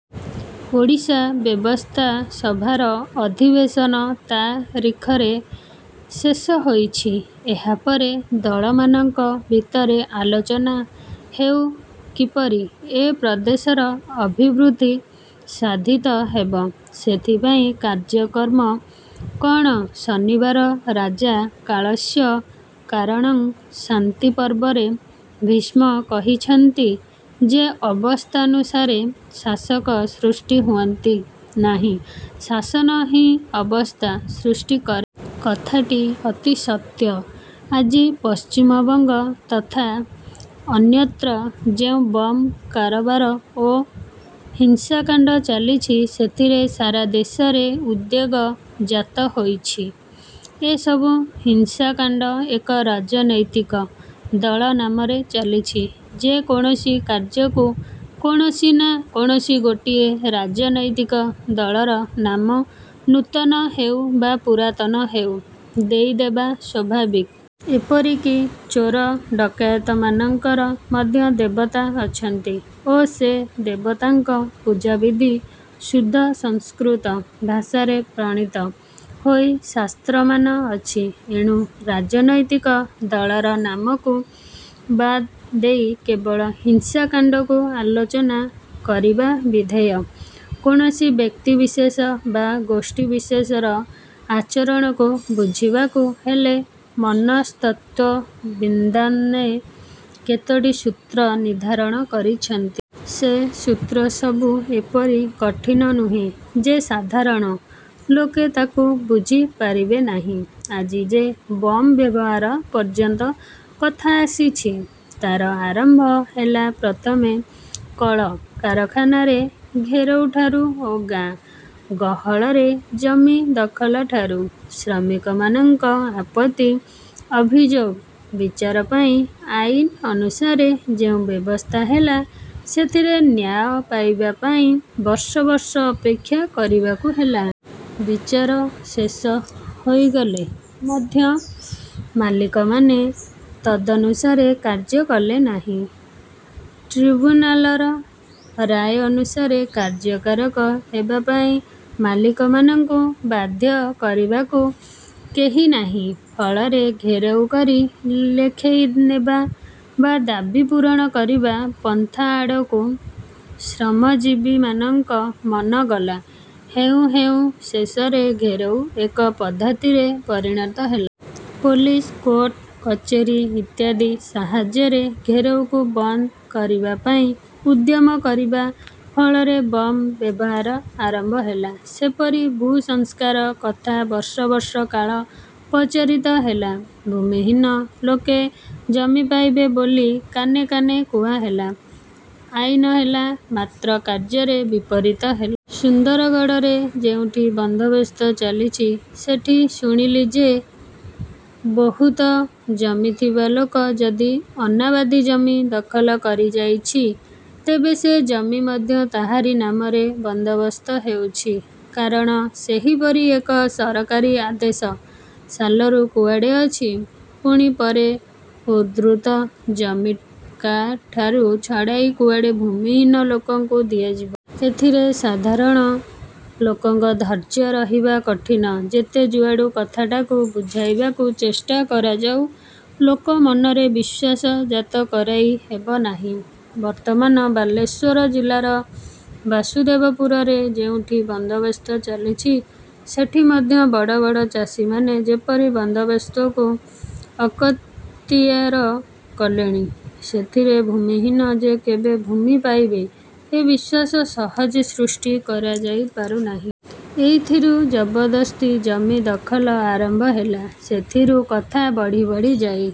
ଓଡ଼ିଶା ବ୍ୟବସ୍ଥାସଭାର ଅଧିବେଶନ ତା ରିଖରେ ଶେଷ ହେଉଛି। ଏହାପରେ ଦଳମାନଙ୍କ ଭିତରେ ଆଲୋଚନା ହେଉ କିପରି ଏ ପ୍ରଦେଶର ଅଭିବୃଦ୍ଧି ସାଧିତ ହେବ। ସେଥିପାଇଁ କାର୍ଯ୍ୟକ୍ରମ କଅଣ? ଶନିବାର ରାଜା କାଳସ୍ୟ କାରଣଂ ଶାନ୍ତିପର୍ବରେ ଭୀଷ୍ମ କହିଛନ୍ତି ଯେ ଅବସ୍ଥାନୁସାରେ ଶାସକ ସୃଷ୍ଟି ହୁଅନ୍ତି ନାହିଁ; ଶାସନ ହିଁ ଅବସ୍ଥା ସୃଷ୍ଟି କରେ। କଥାଟି ଅତି ସତ୍ୟ। ଆଜି ପଶ୍ଚିମବଙ୍ଗ ତଥା ଅନ୍ୟତ୍ର ଯେଉଁ ବମ୍ କାରବାର ଓ ହିଂସାକାଣ୍ଡ ଚାଲିଛି, ସେଥିରେ ସାରା ଦେଶରେ ଉଦ୍ବେଗ ଜାତ ହୋଇଛି। ଏ ସବୁ ହିଂସାକାଣ୍ଡ ଏକ ରାଜନୈତିକ ଦଳ ନାମରେ ଚାଲିଛି। ଯେ କୌଣସି କାର୍ଯ୍ୟକୁ କୌଣସି ନା କୌଣସି ଗୋଟିଏ ରାଜନୈତିକ ଦଳର ନାମ ନୂତନ ହେଉ ବା ପୁରାତନ ହେଉ ଦେଇଦେବା ସ୍ୱାଭାବିକ। ଏପରିକି ଚୋର ଡକାୟତମାନଙ୍କର ମଧ୍ୟ ଦେବତା ଅଛନ୍ତି ଓ ସେ ଦେବତାଙ୍କ ପୂଜାବିଧି ଶୁଦ୍ଧ ସଂସ୍କୃତ ଭାଷାରେ ପ୍ରଣୀତ ହୋଇ ଶାସ୍ତ୍ରମାନ ଅଛି। ଏଣୁ ରାଜନୈତିକ ଦଳର ନାମକୁ ବାଦ ଦେଇ କେବଳ ହିଂସାକାଣ୍ଡକୁ ଆଲୋଚନା କରିବା ବିଧେୟ। କୌଣସି ବ୍ୟକ୍ତିବିଶେଷ ବା ଗୋଷ୍ଠୀବିଶେଷର ଆଚରଣକୁ ବୁଝିବାକୁ ହେଲେ ମନସ୍ତତ୍ତ୍ୱବିଦ୍ମାନେ କେତୋଟି ସୂତ୍ର ନିର୍ଦ୍ଧାରଣ କରିଛନ୍ତି। ସେ ସୂତ୍ର ସବୁ ଏପରି କଠିନ ନୁହେଁ ଯେ ସାଧାରଣ ଲୋକେ ତାକୁ ବୁଝି ପାରିବେନାହିଁ। ଆଜି ଯେ ବମ୍ ବ୍ୟବହାର ପର୍ଯ୍ୟନ୍ତ କଥା ଆସିଛି, ତା'ର ଆରମ୍ଭ ହେଲା ପ୍ରଥମେ କଳ କାରଖାନାରେ ଘେରଉଠାରୁ ଓ ଗାଁ। ଗହଳରେ ଜମି ଦଖଲ ଠାରୁ। ଶ୍ରମିକମାନଙ୍କ ଆପତ୍ତି ଅଭିଯୋଗ ବିଚାର ପାଇଁ ଆଇନ ଅନୁସାରେ ଯେଉଁ ବ୍ୟବସ୍ଥା ହେଲା, ସେଥିରେ ନ୍ୟାୟ ପାଇବା ପାଇଁ ବର୍ଷ ବର୍ଷ ଅପେକ୍ଷା କରିବାକୁ ହେଲା। ବିଚାର ଶେଷ ହୋଇଗଲେ ମଧ୍ୟ ମାଲିକମାନେ ତଦନୁସାରେ କାର୍ଯ୍ୟ କଲେନାହିଁ। ଟ୍ରିବ୍ୟୁନାଲର ରାୟ ଅନୁସାରେ କାର୍ଯ୍ୟକାରକ ହେବା ପାଇଁ ମାଲିକମାନଙ୍କୁ ବାଧ୍ୟ କରିବାକୁ କେହି ନାହିଁ। ଫଳରେ ଘେରଉ କରି ଲେଖେଇ ନେବା ବା ଦାବି ପୂରଣ କରିବା ପନ୍ଥାଆଡ଼କୁ ଶ୍ରମଜୀବୀମାନଙ୍କ ମନ ଗଲା। ହେଉଁ ହେଉଁ ଶେଷରେ ଘେରଉ ଏକ ପଦ୍ଧତିରେ ପରିଣତ ହେଲା। ପୋଲିସ, କୋର୍ଟ କଚେରୀ ଇତ୍ୟାଦି ସାହାଯ୍ୟରେ ଘେରୋଉକୁ ବନ୍ଦ କରିବା ପାଇଁ ଉଦ୍ୟମ କରିବା ଫଳରେ ବମ୍ ବ୍ୟବହାର ଆରମ୍ଭ ହେଲା। ସେପରି ଭୂସଂସ୍କାର କଥା ବର୍ଷ ବର୍ଷ କାଳ ପ୍ରଚାରିତ ହେଲା। ଭୂମିହୀନ ଲୋକେ ଜମି ପାଇବେ ବୋଲି କାନେ କାନେ କୁହାହେଲା। ଆଇନ ହେଲା; ମାତ୍ର କାର୍ଯ୍ୟରେ ବିପରୀତ ହେଲା। ସୁନ୍ଦରଗଡ଼ରେ ଯେଉଁଠି ବନ୍ଦୋବସ୍ତ ଚାଲିଛି, ସେଠି ଶୁଣିଲି ଯେ, ବହୁତ ଜମିଥିବା ଲୋକ ଯଦି ଅନାବାଦୀ ଜମି ଦଖଲ କରିଯାଇଛି, ତେବେ ସେ ଜମି ମଧ୍ୟ ତାହାରି ନାମରେ ବନ୍ଦୋବସ୍ତ ହେଉଛି; କାରଣ ସେହିପରି ଏକ ସରକାରୀ ଆଦେଶ ସାଲରୁ କୁଆଡ଼େ ଅଛି। ପୁଣି ପରେ ଉଦ୍ବୃତ୍ତ ଜମି କା'ଠାରୁ ଛଡ଼ାଇ କୁଆଡ଼େ ଭୂମିହୀନ ଲୋକଙ୍କୁ ଦିଆଯିବ। ଏଥିରେ ସାଧାରଣ ଲୋକଙ୍କ ଧୈର୍ଯ୍ୟ ରହିବା କଠିନ। ଯେତେ ଯୁଆଡ଼ୁ କଥାଟାକୁ ବୁଝାଇବାକୁ ଚେଷ୍ଟା କରାଯାଉ, ଲୋକ ମନରେ ବିଶ୍ୱାସ ଜାତ କରାଇ ହେବନାହିଁ। ବର୍ତ୍ତମାନ ବାଲେଶ୍ୱର ଜିଲ୍ଲାର ବାସୁଦେବପୁରରେ ଯେଉଁଠି ବନ୍ଦୋବସ୍ତ ଚାଲିଛି, ସେଠି ମଧ୍ୟ ବଡ଼ ବଡ଼ ଚାଷୀମାନେ ଯେପରି ବନ୍ଦୋବସ୍ତକୁ ଅକତିୟାର କଲେଣି, ସେଥିରେ ଭୂମିହୀନ ଯେ କେବେ ଭୂମି ପାଇବେ ଏ ବିଶ୍ୱାସ ସହଜେ ସୃଷ୍ଟି କରାଯାଇ ପାରୁନାହିଁ। ଏଇଥିରୁ ଜବରଦସ୍ତି ଜମି ଦଖଲ ଆରମ୍ଭ ହେଲା। ସେଥିରୁ କଥା ବଢ଼ି ବଢ଼ି ଯାଇ